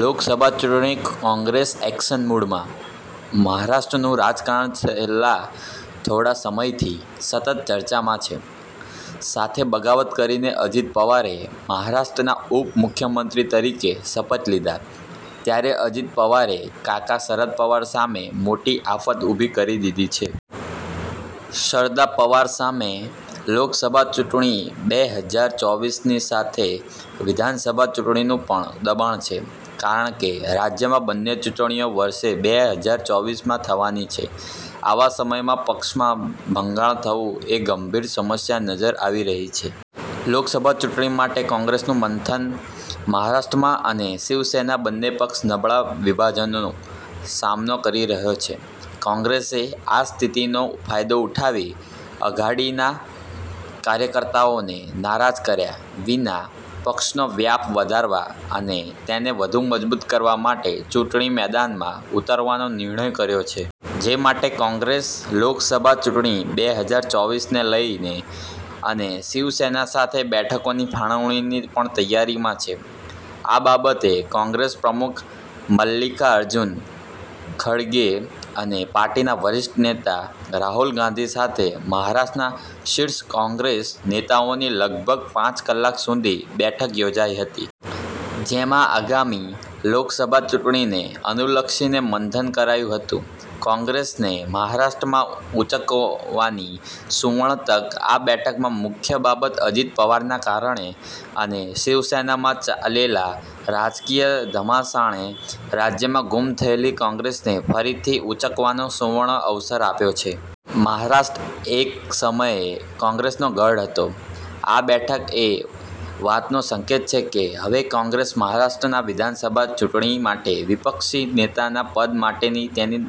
લોકસભા ચૂંટણી કોંગ્રેસ એક્શન મૂડમાં મહારાષ્ટ્રનું રાજકારણ છેલ્લા થોડા સમયથી સતત ચર્ચામાં છે. સાથે બગાવત કરીને અજિત પવારે મહારાષ્ટ્રના ઉપમુખ્યમંત્રી તરીકે શપલ લીધા. ત્યારે અજીત પવારે કાકા શરદ પવાર સામે મોટી આફત ઉભી કરી દીધી છે. શરદા પવાર સામે લોકસભા ચૂંટણી બે હજાર ચોવીસ ની સાથે વિધાનસભા ચૂંટણીનું પણ દબાણ છે, કારણ કે રાજ્યમાં બંને ચૂંટણીઓ વર્ષબે હજાર ચોવીસ માં થવાની છે. આવા સમયમાં પક્ષમાં ભંગાણ થવું એ ગંભીર સમસ્યા નજર આવી રહી છે. લોકસભા ચૂંટણી માટે કોંગ્રેસનું મંથન મહારાષ્ટ્રમાં અને શિવસેના બંને પક્ષ નબળા વિભાજનનો સામનો કરી રહ્યો છે. કોંગ્રેસે આ સ્થિતિનો ફાયદો ઉઠાવી અઘાડી ના કાર્યકર્તાઓને નારાજ કર્યા વિના પક્ષનો વ્યાપ વધારવા અને તેને વધુ મજબૂત કરવા માટે ચૂંટણી મેદાનમાં ઉતરવાનો નિર્ણય કર્યો છે. જે માટે કોંગ્રેસ લોકસભા ચૂંટણી બે હજાર ચોવીસ ને લઇને અને શિવસેના સાથે બેઠકોની ફાળવણીની પણ તૈયારીમાં છે. આ બાબતે કોંગ્રેસ પ્રમુખ મલ્લિકાઅર્જુન ખડગે અને પાર્ટીના વરિષ્ઠ નેતા રાહુલ ગાંધી સાથે મહારાષ્ટ્રના શીર્ષ કોંગ્રેસ નેતાઓની લગભગ પાંચ કલાક સુધી બેઠક યોજાઇ હતી. જેમાં આગામી લોકસભા ચૂંટણીને અનુલક્ષીને મંથન કરાયું હતું. કોંગ્રેસને મહારાષ્ટ્રમાં ઉંચકવાની 'સુવર્ણ' તક આ બેઠકમાં મુખ્ય બાબત અજીત પવારના કારણે અને શિવસેનામાં ચાલેલા રાજકીય ધમાસાણે રાજ્યમાં ગુમ થયેલી કોંગ્રેસને ફરીથી ઉંચકવાનો 'સુવર્ણ' અવસર આપ્યો છે. મહારાષ્ટ્ર એક સમયે કોંગ્રેસનો ગઢ હતો. આ બેઠક એ વાતનો સંકેત છે કે હવે કોંગ્રેસ મહારાષ્ટ્ર વિધાનસભા ચૂંટણી માટે વિપક્ષી નેતા ના પદ માટેની તેની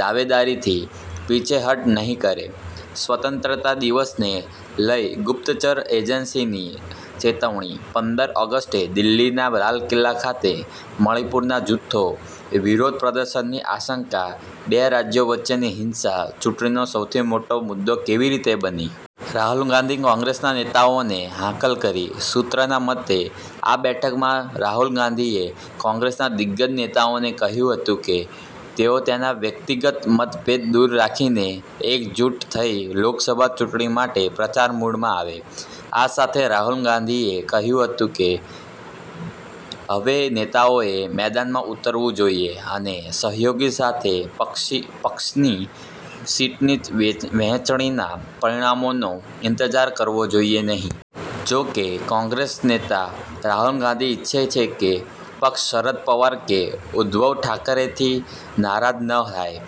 દાવેદારીથી પીછેહઠ નહીં કરે.. સ્વતંત્રતા દિવસને લઇ ગુપ્ચતર એજન્સીની ચેતવણી પંદર ઓગસ્ટે દિલ્હીના લાલ કિલ્લા ખાતે મણિપુરના જૂથો વિરોધ પ્રદર્શનની આશંકા બે રાજ્યો વચ્ચેની હિંસા ચૂંટણીનો સૌથી મોટો મુદ્દો કેવી રીતે બની? રાહુલ ગાંધી કોંગ્રેસના નેતાઓને હાંકલ કરી સૂત્રોના મતે, આ બેઠકમાં રાહુલ ગાંઘીએ કોંગ્રેસના દિગ્ગજ નેતાઓને કહ્યું હતું કે તેઓ તેના વ્યક્તિગત મતભેદ દૂર રાખીને એકજૂટ થઇ લોકસભા ચૂંટણી માટે પ્રચાર મૂડમાં આવે. આ સાથે રાહુલ ગાંધીએ કહ્યું કે હવે નેતાઓએ મેદાને ઉતરવું જોઇએ અને સહયોગી સાથે પક્ષની સીટની વહેચણીના પરિણામોનો ઇંતજાર કરવો જોઇએ નહીં. જો કે, કોંગ્રેસ નેતા રાહુલ ગાંધી ઇચ્છે છે કે પક્ષ શરદ પવાર કે ઉદ્ધવ ઠાકરેથી નારાજ ન થાય.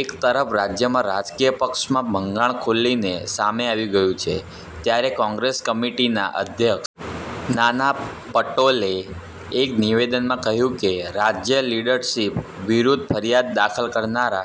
એક તરફ રાજ્યમાં રાજકીય પક્ષમાં ભંગાણ ખુલીને સામે આવી ગયું છે. ત્યારે કોંગ્રેસ કમિટિના અધ્યક્ષ નાના પટોલે એક નિવેદનમાં કહ્યું કે, રાજ્ય લીડરશીપ વિરૂદ્ધ ફરિયાદ દાખલ કરનારા